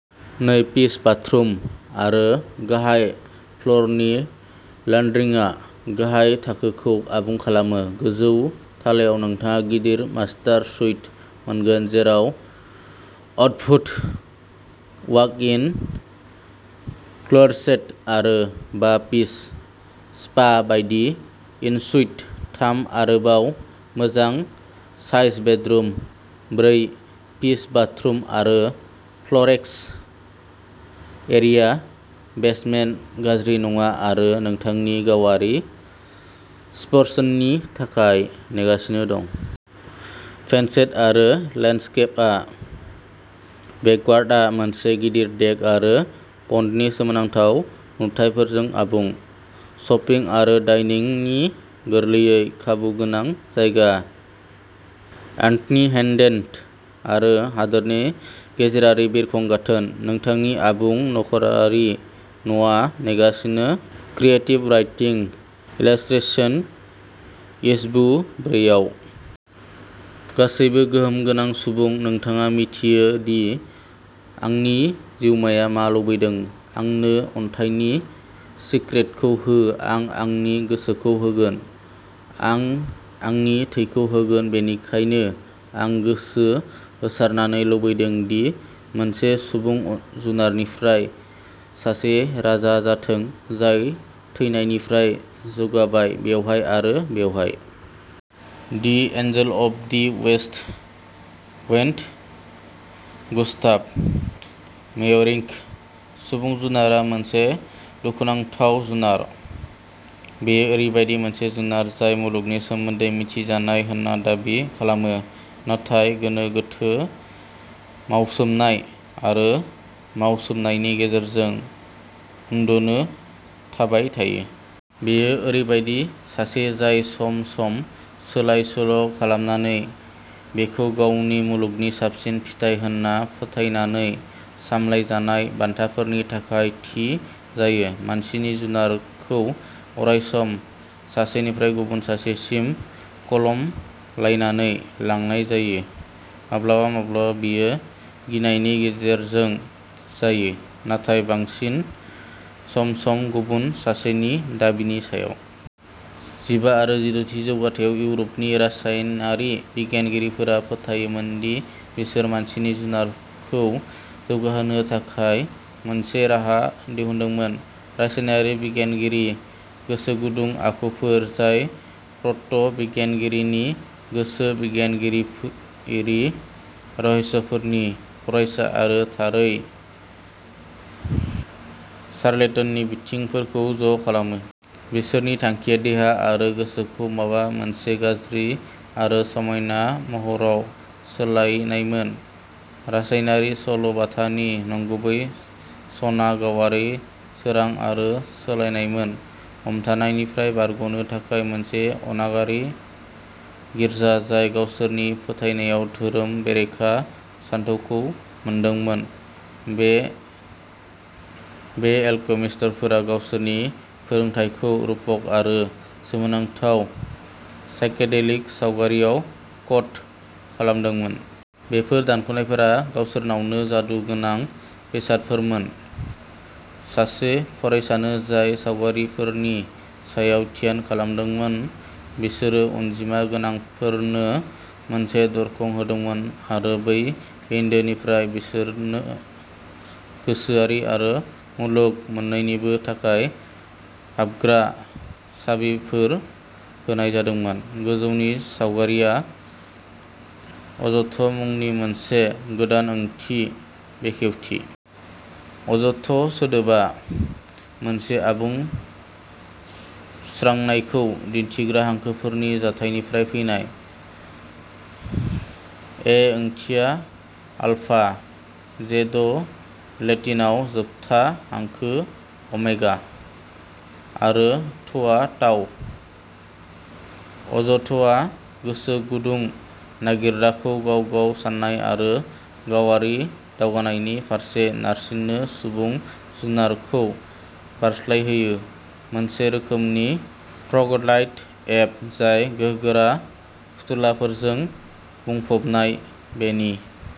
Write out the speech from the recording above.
नै piece bathroom आरो गाहाय फ्ल'रनि लान्ड्रिआ गाहाय थाखोखौ आबुं खालामो। गोजौ थालायाव नोंथाङा गिदिर मास्टार सुइट मोनगोन, जेराव अद्भुत वाक इन क्लोसेट आरो बा पिस स्पा बायदि एनसुइट, थाम आरोबाव मोजां साइज बेडरुम, ब्रै पिस बाथरुम आरो फ्लेक्स एरिया बेसमेन्टआ गाज्रि नङा आरो नोंथांनि गावारि स्पर्शननि थाखाय नेगासिनो दं। फेन्सेद आरो लेन्डस्केपड बेकयार्डआ मोनसे गिदिर देक आरो पन्डनि सोमोनांथाव नुथायफोरजों आबुं। शपिं आरो डाइनिंनि गोरलै खाबु गोनां मोजां जायगा, एन्थनी हेन्डे, आरो हादोर गेजेरारि बिरखं गाथोन। नोंथांनि आबुं नख'रारि न'आ नेगासिनो क्रिएटिभ राइटिं, इलास्ट्रेशन, इस्यु ब्रै आव। गासैबो गोहो गोनां सुबुं, नोंथाङा मिथियो दि आंनि जिउमाया मा लुबैदों। आंनो अन्थाइनि सिक्रेटखौ हो आं आंनि गोसोखौ होगोन, आं आंनि थैखौ होगोन बेनिखायनो आं गोसो होसारनानै लुबैदों दि मोनसे सुबुं जुनारनिफ्राय सासे राजा जाथों, जाय थैनायनिफ्राय जौगाबाय, बेवहाय आरो बेवहाय। The angel of the west wind Gustav Meyrink. सुबुं जुनारआ मोनसे दुखुनांथाव जुनार। बेयो ओरैबायदि मोनसे जुनार जाय मुलुगनि सोमोन्दै मिथिजानाय होनना दाबि खालामो, नाथाय गोनो गोथो, मावसोमनाय आरो मावसोमनायनि गेजेरजों उन्दुनो थाबाय थायो। बेयो ओरैबायदि सासे जाय सम-सम सोलाय-सोल' खालामनानै बेखौ गावनि मुलुगनि साबसिन फिथाय होन्ना फोथायनानै सामलायजानाय बान्थाफोरनि थाखाय थि जायो। मानसिनि जुनारखौ अरायसम सासेनिफ्राय गुबुन सासेसिम कलम लानानै लांनाय जायो। माब्लाबा माब्लाबा बेयो गिनायनि गेजेरजों जायो, नाथाय बांसिन सम-सम गुबुन सासेनि दाबिनि सायाव। जिबा आरो जिद'थि जौथायाव इउर'पनि रासायनारि बिगियानगिरिफोरा फोथायोमोन दि बिसोरो मानसिनि जुनारखौ जौगाहोनो थाखाय मोनसे राहा दिहुनदोंमोन। रासायनारि बिगियानगिरि, गोसोगुदुं आखुफोर, जाय प्र'ट' बिगियानगिरि, गोसो बिगियानगिरि, रहस्यफोरनि फरायसा आरो थारै चार्लेटननि बिथिंफोरखौ ज' खालामो। बिसोरनि थांखिया देहा आरो गोसोखौ माबा मोनसे गाज्रि आरो समायना महराव सोलायनायमोन। रासायनारि सल' बाथानि नंगुबै सनाआ गावारि सोरां आरो सोलायनायमोन। हमथानिफ्राय बारग'नो थाखाय। मोनसे अनागारि गिर्जा जाय गावसोरनि फोथायनायाव धोरोम बेरेखा सानथौखौ मोनदोंमोन, बे एलकेमिस्टफोरा गावसोरनि फोरोंथायखौ रुपक आरो सोमोनांथाव, साइकेडेलिक सावगारिआव क'ड खालामदोंमोन। बेफोर दानख'नायफोरा गावसोरावनो जादु गोनां बेसादफोरमोन। सासे फरायसानो जाय सावगारिफोरनि सायाव ध्यान खालामदोंमोन, बिसोरो अनजिमा गोनांफोरनो मोनसे दरखं होदोंमोन आरो बै बिन्दोनिफ्राय, बिसोरनो गोसोआरि आरो मुलुग मोननैनिबो थाखाय हाबग्रा साबिफोर होनाय जादोंमोन। गोजौनि सावगारिआ अज'थ मुंनि मोनसे गोदान ओंथि बेखेवथि। अज'थ सोदोबा मोनसे आबुं सुस्रांनायखौ दिन्थिग्रा हांखोफोरनि जथायनिफ्राय फैनाय। एओंथिया आलफा, जेड' लेटिनआव जोबथा हांखो अमेगा, आरो थ'आ ताउ। अज'थआ गोसो गुदुं नागिरग्राखौ गाव-गाव साननाय आरो गावारि दावगानायनि फारसे नारसिनो, सुबुं जुनारखौ बारस्लायहोयो, मोनसे रोखोमनि ट्र'ग्ल'डाइट एप जाय गोहोगोरा फुथुलाफोरजों बुंफबनाय, बेनि